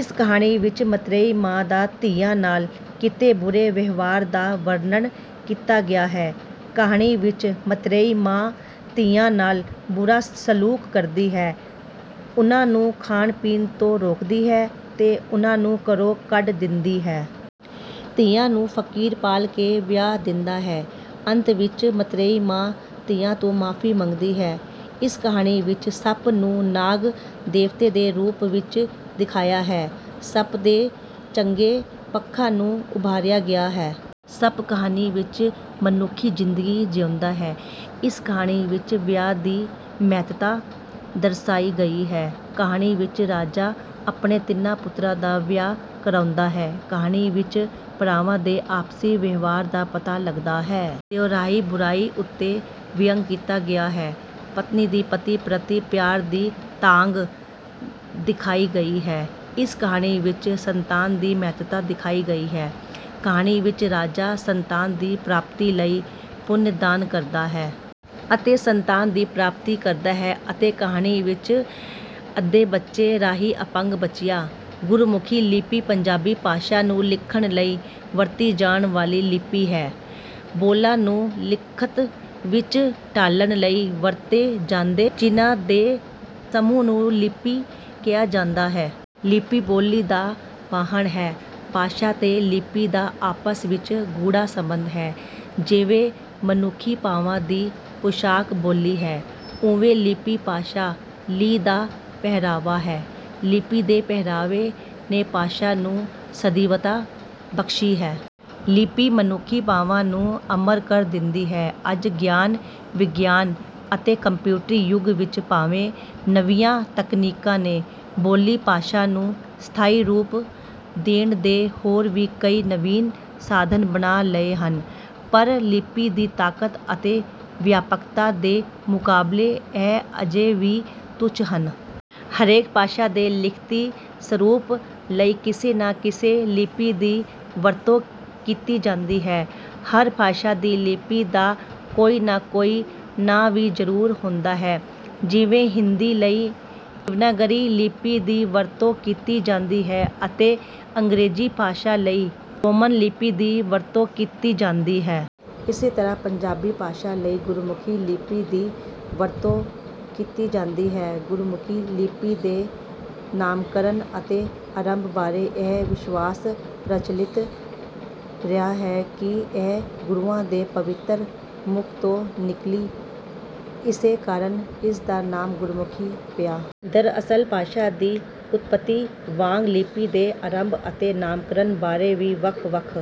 ਇਸ ਕਹਾਣੀ ਵਿਚ ਮੱਤਰੇਈ ਮਾਂ ਦਾ ਧੀਆਂ ਨਾਲ ਕੀਤੇ ਬੁਰੇ ਵਿਵਹਾਰ ਦਾ ਵਰਣਨ ਕੀਤਾ ਗਿਆ ਹੈ। ਕਹਾਣੀ ਵਿਚ ਮੱਤਰੇਈ ਮਾਂ ਧੀਆਂ ਨਾਲ ਬੁਰਾ ਸਲੂਕ ਕਰਦੀ ਹੈ, ਉਨ੍ਹਾਂ ਨੂੰ ਖਾਣ ਪੀਣ ਤੋਂ ਰੋਕਦੀ ਹੈ ਤੇ ਉਨ੍ਹਾਂ ਨੂੰ ਘਰੌਂ ਕੱਢ ਦਿੰਦੀ ਹੈ। ਧੀਆਂ ਨੂੰ ਫਕੀਰ ਪਾਲ ਕੇ ਵਿਆਹ ਦਿੰਦਾ ਹੈ। ਅੰਤ ਵਿਚ ਮਤ੍ਰੇਈ ਮਾਂ ਧੀਆਂ ਤੋਂ ਮਾਫ਼ੀ ਮੰਗਦੀ ਹੈ। ਇਸ ਕਹਾਣੀ ਵਿਚ ਸੱਪ ਨੂੰ ਨਾਗ ਦੇਵਤੇ ਦੇ ਰੂਪ ਵਿਚ ਦਿਖਾਇਆ ਹੈ। ਸੱਪ ਦੇ ਚੰਗੇ ਪੱਖਾਂ ਨੂੰ ਉਭਾਰਿਆ ਗਿਆ ਹੈ। ਸੱਪ ਕਹਾਣੀ ਵਿਚ ਮਨੁੱਖੀ ਜ਼ਿੰਦਗੀ ਜਿਉਂਦਾ ਹੈ। ਇਸ ਕਹਾਣੀ ਵਿਚ ਵਿਆਹ ਦੀ ਮਹੱਤਤਾ ਦਰਸਾਈ ਗਈ ਹੈ। ਕਹਾਣੀ ਵਿਚ ਰਾਜਾ ਆਪਣੇਤਿੰਨਾਂ ਪੁੱਤਰਾਂ ਦਾ ਵਿਆਹ ਕਰਾਉਂਦਾ ਹੈ। ਕਹਾਣੀ ਵਿਚ ਭਰਾਵਾਂ ਦੇ ਆਪਸੀ ਵਿਵਹਾਰ ਦਾ ਪਤਾ ਲਗਦਾ ਹੈ। ਦਿਓ ਰਾਹੀ ਬੁਰਾਈ ਉਤੇ ਵਿਅੰਗ ਕੀਤਾ ਗਿਆ ਹੈ। ਪਤਨੀ ਦੀ ਪਤੀ ਪ੍ਰਤੀ ਪਿਆਰ ਦੀ ਤਾਂਘ ਦਿਖਾਈ ਗਈ ਹੈ। ਇਸ ਕਹਾਣੀ ਵਿਚ ਸੰਤਾਨ ਦੀ ਮਹੱਤਤਾ ਦਿਖਾਈ ਗਈ ਹੈ। ਕਹਾਣੀ ਵਿਚ ਰਾਜਾ ਸੰਤਾਨ ਦੀ ਪ੍ਰਾਪਤੀ ਲਈ ਪੁੰਨ ਦਾਨ ਕਰਦਾ ਹੈ। ਅਤੇ ਸੰਤਾਨ ਦੀ ਪ੍ਰਾਪਤੀ ਕਰਦਾ ਹੈ। ਅਤੇ ਕਹਾਣੀ ਵਿਚ ਅੱਧੇ ਬੱਚੇ ਰਾਹੀ ਅਪੰਗ ਬੱਚਿਆਂ। ਗੁਰਮੁਖੀ ਲਿਪੀ ਪੰਜਾਬੀ ਭਾਸ਼ਾ ਨੂੰ ਲਿਖਣ ਲਈ ਵਰਤੀ ਜਾਣ ਵਾਲੀ ਲਿਪੀ ਹੈ। ਬੋਲਾਂ ਨੂੰ ਲਿਖਤ ਵਿੱਚ ਢਾਲਣ ਲਈ ਵਰਤੇ ਜਾਂਦੇ ਚਿੰਨ੍ਹਾਂ ਦੇ ਸਮੂਹ ਨੂੰ ਲਿਪੀ ਕਿਹਾ ਜਾਂਦਾ ਹੈ। ਲਿਪੀ ਬੋਲੀ ਦਾ ਵਾਹਣ ਹੈ। ਭਾਸ਼ਾ ਤੇ ਲਿਪੀ ਦਾ ਆਪਸ ਵਿੱਚ ਗੂੜ੍ਹਾ ਸੰਬੰਧ ਹੈ। ਜਿਵੇਂ ਮਨੁੱਖੀਭਾਵਾਂ ਦੀ ਪੁਸ਼ਾਕ ਬੋਲੀ ਹੈ, ਉਵੇਂ ਲਿਪੀ ਭਾਸ਼ਾ ਲੀ ਦਾ ਪਹਿਰਾਵਾ ਹੈ। ਲਿਪੀ ਦੇ ਪਹਿਰਾਵੇ ਨੇ ਭਾਸ਼ਾ ਨੂੰ ਸਦੀਵਤਾ ਬਖ਼ਸ਼ੀ ਹੈ। ਲਿਪੀ ਮਨੁੱਖੀ ਭਾਵਾਂ ਨੂੰ ਅਮਰ ਕਰ ਦਿੰਦੀ ਹੈ। ਅੱਜ ਗਿਆਨ, ਵਿਗਿਆਨ ਅਤੇਕੰਪਿਊਟਰੀ ਯੁੱਗ ਵਿੱਚ ਭਾਵੇਂ ਨਵੀਆਂ ਤਕਨੀਕਾਂ ਨੇ ਬੋਲੀ ਭਾਸ਼ਾ ਨੂੰ ਸਥਾਈ ਰੂਪ ਦੇਣ ਦੇ ਹੋਰ ਵੀ ਕਈ ਨਵੀਨ ਸਾਧਨ ਬਣਾ ਲਏ ਹਨ, ਪਰ ਲਿਪੀ ਦੀ ਤਾਕਤ ਅਤੇ ਵਿਆਪਕਤਾ ਦੇ ਮੁਕਾਬਲੇ ਇਹ ਅਜੇ ਵੀ ਤੁੱਛ ਹਨ। ਹਰੇਕ ਭਾਸ਼ਾ ਦੇ ਲਿਖਤੀ ਸਰੂਪ ਲਈ ਕਿਸੇ ਨਾ ਕਿਸੇ ਲਿਪੀ ਦੀ ਵਰਤੋਂ ਕੀਤੀ ਜਾਂਦੀ ਹੈ। ਹਰ ਭਾਸ਼ਾ ਦੀ ਲਿਪੀ ਦਾ ਕੋਈ ਨਾ ਕੋਈ ਨਾਂ ਵੀ ਜ਼ਰੂਰ ਹੁੰਦਾ ਹੈ, ਜਿਵੇਂ ਹਿੰਦੀ ਲਈ ਦੇਵਨਾਗਰੀ ਲਿਪੀ ਦੀ ਵਰਤੋਂ ਕੀਤੀ ਜਾਂਦੀ ਹੈ ਅਤੇ ਅੰਗਰੇਜ਼ੀ ਭਾਸ਼ਾ ਲਈ ਰੋਮਨ ਲਿਪੀ ਦੀ ਵਰਤੋਂ ਕੀਤੀ ਜਾਂਦੀ ਹੈ। ਇਸੇ ਤਰ੍ਹਾਂ ਪੰਜਾਬੀ ਭਾਸ਼ਾ ਲਈ ਗੁਰਮੁਖੀ ਲਿਪੀ ਦੀ ਵਰਤੋਂ ਕੀਤੀ ਜਾਂਦੀ ਹੈ। ਗੁਰਮੁਖੀ ਲਿਪੀ ਦੇ ਨਾਮਕਰਨ ਅਤੇ ਅਰੰਭ ਬਾਰੇ ਇਹ ਵਿਸ਼ਵਾਸ ਪ੍ਰਚਲਿਤ ਰਿਹਾ ਹੈ ਕਿ ਇਹ ਗੁਰੂਆਂ ਦੇ ਪਵਿੱਤਰ ਮੁੱਖ ਤੋਂ ਨਿਕਲੀ। ਇਸੇ ਕਾਰਨ ਇਸ ਦਾ ਨਾਮ ਗੁਰਮੁਖੀ ਪਿਆ। ਦਰਅਸਲ ਭਾਸ਼ਾ ਦੀ ਉਤਪਤੀ ਵਾਂਗ ਲਿਪੀ ਦੇ ਅਰੰਭ ਅਤੇ ਨਾਮਕਰਨ ਬਾਰੇ ਵੀ ਵੱਖ-ਵੱਖ...